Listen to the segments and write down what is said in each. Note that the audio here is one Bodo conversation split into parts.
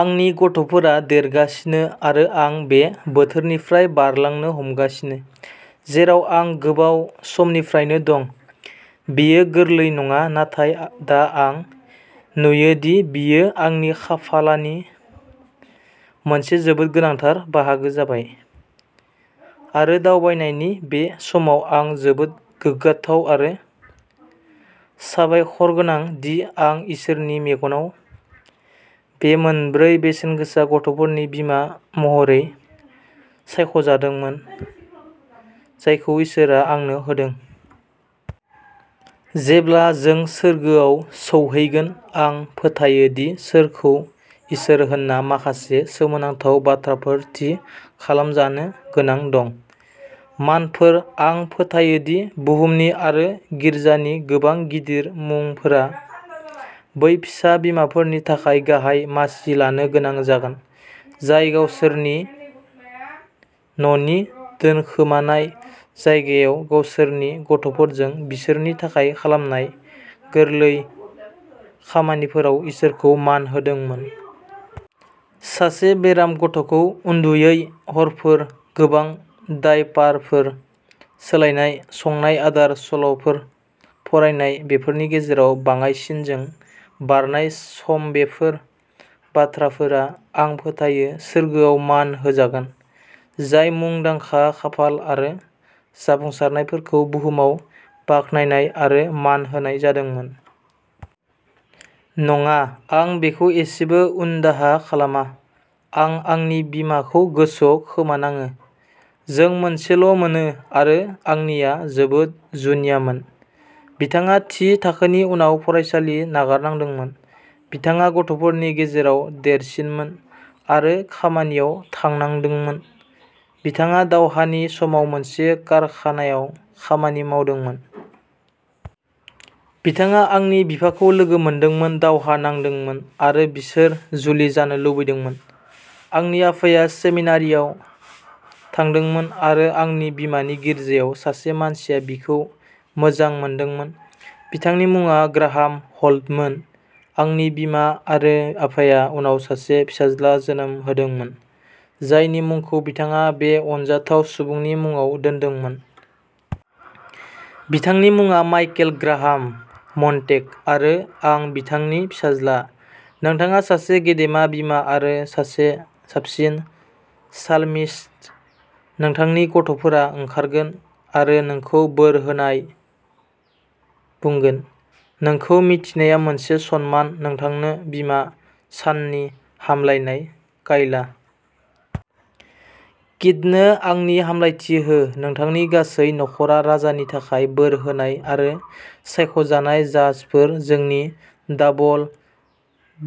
आंनि गथ'फोरा देरगासिनो आरो आं बे बोथोरनिफ्राय बारलांनो हमगासिनो, जेराव आं गोबाव समनिफ्रायनो दं। बेयो गोरलै नङा। नाथाय दा आं नुयो दि बेयो आंनि खाफालानि मोनसे जोबोद गोनांथार बाहागो जाबाय। आरो दावबायनायनि बे समाव, आं जोबोद गोग्गाथाव आरो साबायखरगोनां दि आं इसोरनि मेगनआव बे मोनब्रै बेसेनगोसा गथ'फोरनि बिमा महरै सायख'जादोंमोन, जायखौ इसोरआ आंनो होदों। जेब्ला जों सोरगोआव सौहैगोन, आं फोथायो दि सोरखौ इसोर होनना माखासे सोमोनांथाव बाथ्राफोर थि खालामजानो गोनां दं। मानफोर। आं फोथायो दि बुहुमनि आरो गिर्जानि गोबां गिदिर मुंफोरा बै फिसा बिमाफोरनि थाखाय गाहाय मासि लानो गोनां जागोन, जाय गावसोरनि न'नि दोनखोमानाय जायगायाव, गावसोरनि गथ'फोरजों, बिसोरनि थाखाय खालामनाय गोरलै खामानिफोराव इसोरखौ मान होदोंमोन। सासे बेराम गथ'खौ उन्दुयै हरफोर, गोबां डायपारफोर सोलायनाय, संनाय आदार, सल'फोर फरायनाय, बेफोरनि गेजेराव बाङाइसिनजों बारनाय समबेफोर बाथ्राफोरा, आं फोथायो, सोरगोआव मान होजागोन, जाय मुंदांखा, खाफाल आरो जाफुंसारनायफोरखौ बुहुमाव बाख्नायनाय आरो मान होनाय जादोंमोन। नङा। आं बेखौ एसेबो उनदाहा खालामा। आं आंनि बिमाखौ गोसोआव खोमानाङो! जों मोनसेल'मोनो, आरो आंनिआ जोबोद जुनियामोन। बिथाङा थि थाखोनि उनाव फरायसालि नागारनांदोंमोन, बिथाङा गथ'फोरनि गेजेराव देरसिनमोन आरो खामानियाव थांनांदोंमोन। बिथाङा दावहानि समाव मोनसे कारखानायाव खामानि मावदोंमोन। बिथाङा आंनि बिफाखौ लोगो मोनदोंमोन। दावहा नांदोंमोन आरो बिसोर जुलि जानो लुबैदोंमोन। आंनि आफाया सेमिनारिआव थांदोंमोन, आरो आंनि बिमानि गिर्जायाव सासे मानसिया बिखौ मोजां मोनदोंमोन। बिथांनि मुङा ग्राहाम हल्टमोन। आंनि बिमा आरो आफाया उनाव सासे फिसाज्ला जोनोम होदोंमोन, जायनि मुंखौ बिथाङा बे अनजाथाव सुबुंनि मुङाव दोनदोंमोन। बिथांनि मुङा माइकेल ग्राहाम मन्टेग आरो आं बिथांनि फिसाज्ला। नोंथाङा सासे गेदेमा बिमा आरो सासे साबसिन साल्मिस्ट। नोंथांनि गथ'फोरा ओंखारगोन आरो नोंखौ बोर होन्नाय बुंगोन! नोंखौ मिथिनाया मोनसे सनमान! नोंथांनो बिमा साननि हामलायनाय काइला! किथनो आंनि हामलायथि हो! नोंथांनि गासै नख'रा राजानि थाखाय बोर होनाय आरो सायख'जानाय जाहाजफोर! जोंनि डाबल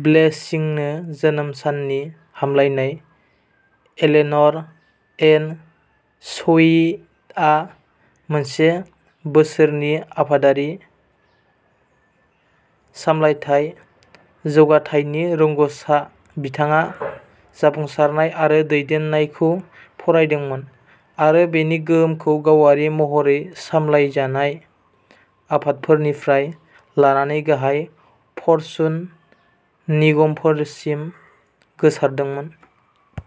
ब्लेसिंनो जोनोम साननि हामलायनाय! एलेन'र एन स्वीटआ मोनसे बोसोरनि आफादारि सामलायथाय जौगाथायनि रोंग'सा। बिथाङा जाफुंसारनाय आरो दैदेननायखौ फरायदोंमोन आरो बेनि गोहोमखौ गावारि महरै सामलायजानाय आफादफोरनिफ्राय लानानै गाहाय फर्चुन निगमफोरसिम गोसारदोंमोन।